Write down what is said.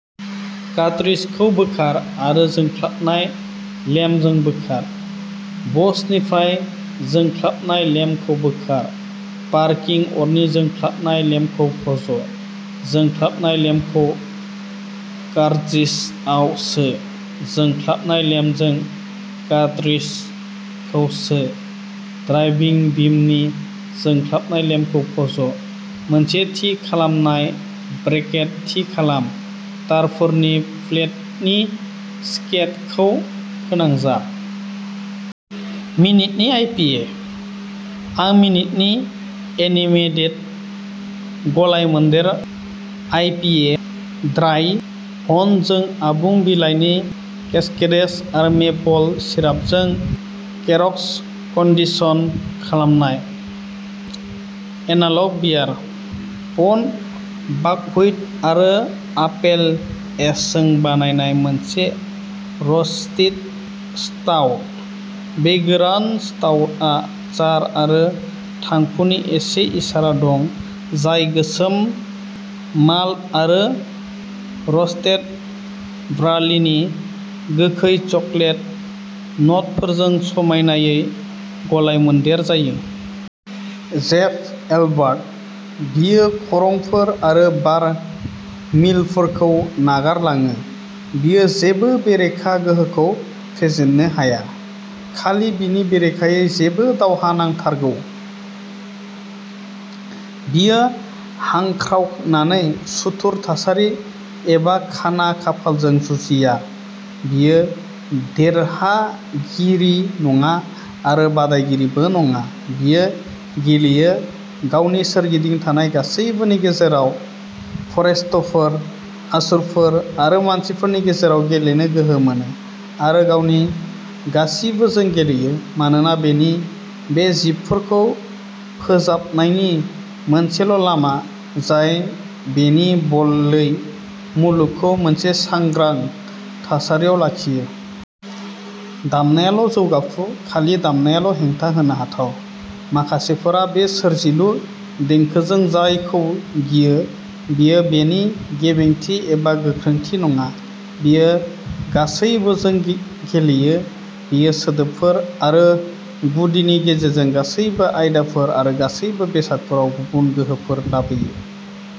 Cartridge खौ बोखार आरो जोंख्लाबनाय लेम्पजों बोखार। बसनिफ्राय जोंख्लाबनाय लेम्पखौ बोखार। पार्किं अरनि जोंख्लाबनाय लेम्पखौ फज'। जोंख्लाबनाय लेम्पखौ कार्ट्रिजआव सो। जोंख्लाबनाय लेम्पजों कार्ट्रिजखौ सो। ड्राइभिं बिमनि जोंख्लाबनाय लेम्पखौ फज'। मोनसे थि खालामनाय ब्रेकेट थि खालाम, तारफोरनि प्लेतनि सकेटखौ फोनांजाब।.। मिनिटनि आइपिएः आरो मिनिटनि एनिमेटेड गलायमोन्देर आइपिए ड्राइ-ह'प्डजों आबुं बिलाइनि केस्केड्स आरो मेपल सिरापजों केस्क-कन्डिसन खालामनाय। एनाल'ग बियारः पप्ड बाकहुइट आरो आपेल एशजों बानायनाय मोनसे र'स्टि स्टाउट। बे गोरान स्टाउटआव चार आरो थांखुनि एसे इसारा दं जाय गोसोम माल्ट आरो र'स्टेड बार्लिनि गोखै चकलेट न'टफोरजों समायनायै गलायमोन्देर जायो। जेफ एल्बार्ट, बियो खरंफोर आरो बार-मिलफोरखौ नागारलाङो, बियो जेबो बेरेखा गोहोखौ फेजेननो हाया। खालि, बिनि बेरेखायै जेबो दावहा नांथारगौ। बियो हांख्रावनानै सुथुर थासारि एबा खाना खाफालजों जुजिया; बियो देरहागिरि नङा आरो बादायगिरिबो नङा-बियो गेलेयो, गावनि सोरगिदिं थानाय गासैबोनि गेजेराव, फेरेश्तफोर, असुरफोर आरो मानसिफोरनि गेजेराव गेलेनो गोहो मोनो, आरो गावनि गासिबोजों गेलेयो, मानोना बेनो बे जिबफोरखौ फोजाबनायनि मोनसेल'लामा, जाय बेनि बदलै मुलुगखौ मोनसे सांग्रां थासारियाव लाखियो। दामनायाल'जौगाफु, खालि दामनायाल'हेंथा होनो हाथाव। माखासेफोरा बे "सोरजिलु" देंखोजों जायखौ गियो, बेयो बेनि गेबेंथि एबा गोख्रोंथि नङा, बेयो गासैबोजों गेलेयो, बेयो सोदोबफोर आरो गुदिनि गेजेरजों गासैबो आयदाफोर आरो गासैबो बेसादफोराव गुबुन गोहोफोर लाबोयो।